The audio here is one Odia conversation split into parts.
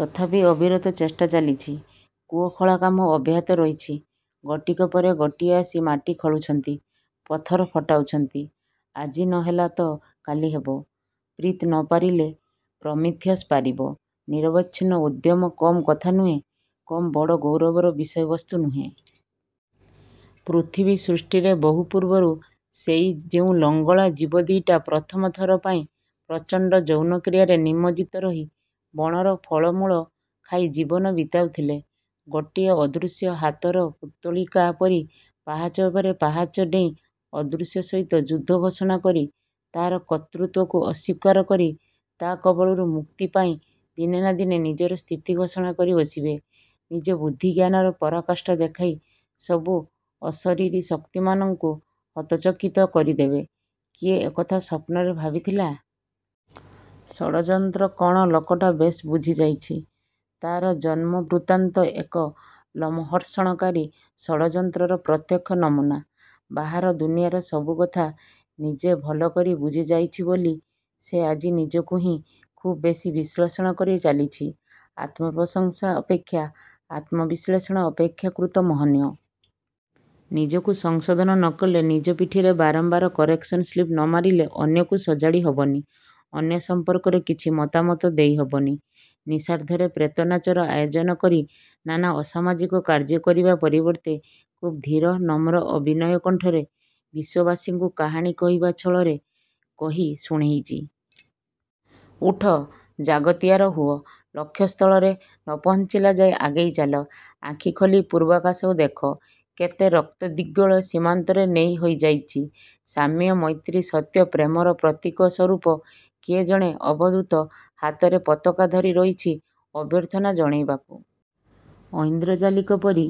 ତଥାପି ଅବିରତ ଚେଷ୍ଟା ଚାଲିଚି। କୂଅ ଖୋଳାକାମ ଅବ୍ୟାହତ ରହିଛି। ଗୋଟିକ ପରେ ଗୋଟିଏ ଆସି ମାଟି ଖୋଳୁଛନ୍ତି। ପଥର ଫଟାଉଛନ୍ତି। ଆଜି ନହେଲାତ କାଲି ହେବ। ପ୍ରୀତ୍ ନ ପାରିଲେ ପ୍ରମିଥିୟଶ୍ ପାରିବ। ନିରବଚ୍ଛିନ୍ନ ଉଦ୍ୟମ କମ୍ କଥା ନୁହେଁ। କମ୍ ବଡ଼ ଗୌରବର ବିଷୟବସ୍ତୁ ନୁହେଁ। ପୃଥିବୀ ସୃଷ୍ଟିରେ ବହୁ ପୂର୍ବରୁ ସେଇ ଯେଉଁ ଲଙ୍ଗଳା ଜୀବ ଦି'ଟା ପ୍ରଥମ ଥର ପାଇଁ ପ୍ରଚଣ୍ଡ ଯୌନକ୍ରିୟାରେ ନିମଜ୍ଜିତ ରହି ବଣର ଫଳମୂଳ ଖାଇ ଜୀବନ ବିତାଉଥିଲେ ଗୋଟିଏ ଅଦୃଶ୍ୟ ହାତର ପୁତୁଳିକା ପରି ପାହାଚ ପରେ ପାହାଚ ଡେଇଁ, ଅଦୃଶ୍ୟ ସହିତ ଯୁଦ୍ଧ ଘୋଷଣା କରି ତା'ର କର୍ତ୍ତୃତ୍ୱକୁ ଅସ୍ୱୀକାର କରି ତା' କବଳରୁ ମୁକ୍ତି ପାଇଁ ଦିନେ ନା ଦିନେ ନିଜର ସ୍ଥିତି ଘୋଷଣା କରି ବସିବେ, ନିଜ ବୁଦ୍ଧି ଜ୍ଞାନର ପରାକାଷ୍ଠା ଦେଖାଇ ସବୁ ଅଶରୀରୀ ଶକ୍ତିମାନଙ୍କୁ ହତଚକିତ କରିଦେବେ, କିଏ ଏକଥା ସ୍ୱପ୍ନରେ ଭାବିଥିଲା? ଷଡଯନ୍ତ୍ର କ'ଣ ଲୋକଟା ବେଶ୍ ବୁଝି ଯାଇଚି। ତା'ର ଜନ୍ମ ବୃତ୍ତାନ୍ତ ଏକ ଲୋମହର୍ଷଣକାରୀ ଷଡ଼ଯନ୍ତ୍ରର ପ୍ରତ୍ୟକ୍ଷ ନମୁନା। ବାହାର ଦୁନିଆର ସବୁକଥା ନିଜେ ଭଲକରି ବୁଝି ଯାଇଚି ବୋଲି ସେ ଆଜି ନିଜକୁ ହିଁ ଖୁବ୍ ବେଶୀ ବିଶ୍ଳେଷଣ କରି ଚାଲିଚି। ଆତ୍ମପ୍ରଶଂସା ଅପେକ୍ଷା ଆତ୍ମବିଶ୍ଳେଷଣ ଅପେକ୍ଷାକୃତ ମହନୀୟ। ନିଜକୁ ସଂଶୋଧନ ନକଲେ, ନିଜ ପିଠିରେ ବାରମ୍ବାର କରେକ୍ସନ୍ ସ୍ଲିପ୍ ନମାରିଲେ ଅନ୍ୟକୁ ସଜାଡ଼ି ହବନି। ଅନ୍ୟ ସମ୍ପର୍କରେ କିଛି ମତାମତ ଦେଇ ହବନି। ନିଶାର୍ଦ୍ଧରେ ପ୍ରେତ ନାଚର ଆୟୋଜନ କରି ନାନା ଅସାମାଜିକ କାର୍ଯ୍ୟ କରିବା ପରିବର୍ତ୍ତେ ଖୁବ୍ ଧୀର, ନମ୍ର ଓ ବିନୟ କଣ୍ଠରେ ବିଶ୍ୱବାସୀଙ୍କୁ କାହାଣୀ କହିବା ଛଳରେ କହି ଶୁଣେଇଚି। 'ଉଠ' ଜାଗତିଆର ହୁଅ। ଲକ୍ଷ୍ୟସ୍ଥଳରେ। ନ ପହଞ୍ଚିଲାଯାଏ ଆଗେଇଚାଲ। ଆଖି ଖୋଲି ପୂର୍ବାକାଶକୁ ଦେଖ। କେତେ ରକ୍ତ ଦିଗ୍ବଳୟ ସୀମାନ୍ତରେ ନେସି ହୋଇ ଯାଇଚି। ସାମ୍ୟ, ମୈତ୍ରୀ, ସତ୍ୟ, ପ୍ରେମର ପ୍ରତୀକ ସ୍ୱରୂପ କିଏ ଜଣେ ଅବଧୂତ ହାତରେ ପତାକା ଧରି ରହିଚି ଅଭ୍ୟର୍ଥନା ଜଣେଇବାକୁ। ଐନ୍ଦ୍ରଜାଲିକ ପରି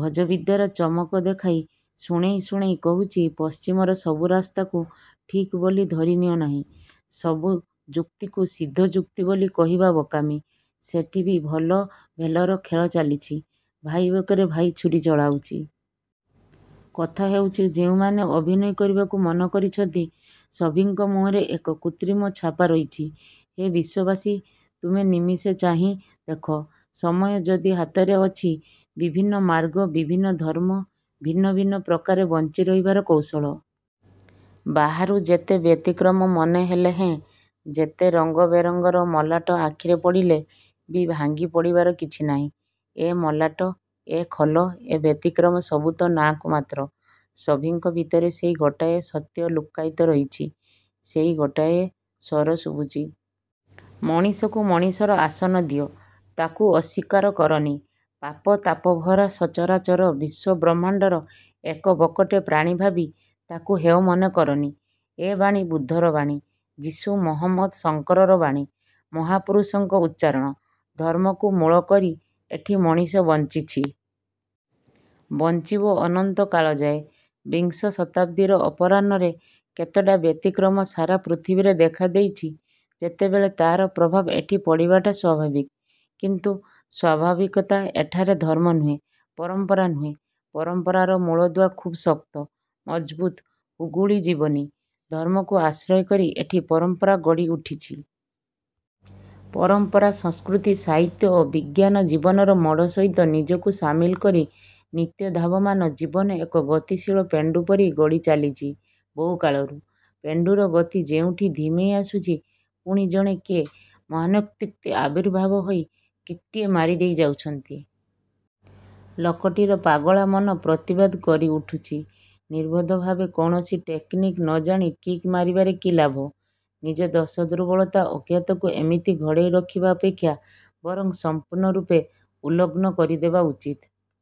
ଭୋଜବିଦ୍ୟାର ଚମକ ଦେଖାଇ, ଶୁଣେଇ ଶୁଣେଇ କହୁଚି ପଶ୍ଚିମର ସବୁ ରାସ୍ତାକୁ ଠିକ୍ ବୋଲି ଧରିନିଅ ନାହିଁ। ସବୁ ଯୁକ୍ତିକୁ ସିଦ୍ଧ ଯୁକ୍ତି ବୋଲି କହିବା ବୋକାମି। ସେଠି ବି ଭଲ ଭେଲର ଖେଳ ଚାଲିଛି। ଭାଇ ବେକରେ ଭାଇ ଛୁରି ଚଳାଉଚି। କଥା ହେଉଛି ଯେଉଁମାନେ ଅଭିନୟ କରିବାକୁ ମନ କରିଛନ୍ତି ସଭିଙ୍କ ମୁହଁରେ ଏକ କୃତ୍ରିମ ଛାପା ରହିଚି। ହେ ବିଶ୍ୱବାସୀ, ତୁମେ ନିମିଷେ ଚାହିଁ ଦେଖ, ସମୟ ଯଦି ହାତରେ ଅଛି। ବିଭିନ୍ନ ମାର୍ଗ, ବିଭିନ୍ନ ଧର୍ମ, ଭିନ୍ନ ଭିନ୍ନ ପ୍ରକାରେ ବଞ୍ଚି ରହିବାର କୌଶଳ। ବାହାରୁ ଯେତେ ବ୍ୟତିକ୍ରମ ମନେ ହେଲେହେଁ, ଯେତେ ରଙ୍ଗବେରଙ୍ଗର ମଲାଟ ଆଖିରେ ପଡ଼ିଲେ ବି ଭାଙ୍ଗି ପଡ଼ିବାର କିଛି ନାହିଁ। ଏ ମଲାଟ, ଏ ଖୋଲ, ଏ ବ୍ୟତିକ୍ରମ ସବୁତ ନାଁକୁ ମାତ୍ର। ସଭିଙ୍କ ଭିତରେ ସେଇ ଗୋଟାଏ ସତ୍ୟ ଲୁକ୍କାୟିତ ରହିଚି। ସେଇ ଗୋଟାଏ ସ୍ୱର ଶୁଭୁଚି। ମଣିଷକୁ ମଣିଷର ଆସନ ଦିଅ। ତାକୁ ଅସ୍ୱୀକାର କରନି। ପାପ ତାପ ଭରା ସଚରାଚର ବିଶ୍ୱବ୍ରହ୍ମାଣ୍ଡର ଏକ ବକଟେ ପ୍ରାଣୀ ଭାବି ତାକୁ ହେୟ ମନେ କରନି। ଏ ବାଣୀ ବୁଦ୍ଧର ବାଣୀ, ଯୀଶୁ, ମହମ୍ମଦ, ଶଙ୍କରର ବାଣୀ-। ମହାପୁରୁଷଙ୍କ ଉଚ୍ଚାରଣ। ଧର୍ମକୁ ମୂଳ କରି ଏଠି ମଣିଷ ବଞ୍ଚିଛି। ବଞ୍ଚିବ ଅନନ୍ତ କାଳଯାଏ। ବିଂଶ ଶତାବ୍ଦୀର ଅପରାହ୍ନରେ କେତେଟା ବ୍ୟତିକ୍ରମ ସାରା ପୃଥିବୀରେ ଦେଖା ଦେଇଚି ଯେତେବେଳେ, ତା'ର ପ୍ରଭାବ ଏଠି ପଡ଼ିବାଟା ସ୍ୱାଭାବିକ। କିନ୍ତୁ ସ୍ୱାଭାବିକତା ଏଠାର ଧର୍ମ ନୁହେଁ। ପରମ୍ପରା ନୁହେଁ, ପରମ୍ପରାର ମୂଳଦୁଆ ଖୁବ୍ ଶକ୍ତ! ମଜବୁତ। ହୁଗୁଳି ଯିବନି। ଧର୍ମକୁ ଆଶ୍ରୟ କରି ଏଠି ପରମ୍ପରା ଗଢ଼ି ଉଠିଚି। ପରମ୍ପରା, ସଂସ୍କୃତି, ସାହିତ୍ୟ ଓ ବିଜ୍ଞାନ ଜୀବନର ମୋଡ଼ ସହିତ ନିଜକୁ ସାମିଲ କରି ନିତ୍ୟ ଧାବମାନ ଜୀବନ ଏକ ଗତିଶୀଳ ପେଣ୍ଡୁ ପରି ଗଡ଼ି ଚାଲିଚି ବହୁ କାଳରୁ। ପେଣ୍ଡୁର ଗତି ଯେଉଁଠି ଧିମେଇ ଆସୁଚି ପୁଣି ଜଣେ କିଏ ମହାନ୍ବ୍ୟକ୍ତି ଆବିର୍ଭାବ ହୋଇ କିକ୍ଟିଏ ମାରିଦେଇ ଯାଉଛନ୍ତି। ଲୋକଟିର ପାଗଳା ମନ ପ୍ରତିବାଦ କରି ଉଠୁଚି। ନିର୍ବୋଧଭାବେ କୌଣସି ଟେକ୍ନିକ୍ ନ ଜାଣି କିକ୍ ମାରିବାରେ କି ଲାଭ? ନିଜ ଦୋଷ ଦୁର୍ବଳତା, ଅଜ୍ଞତାକୁ ଏମିତି ଘୋଡ଼େଇ ରଖିବା ଅପେକ୍ଷା ବରଂ ସମ୍ପୂର୍ଣ୍ଣରୂପେ ଉଲଗ୍ନ କରିଦେବା ଉଚିତ।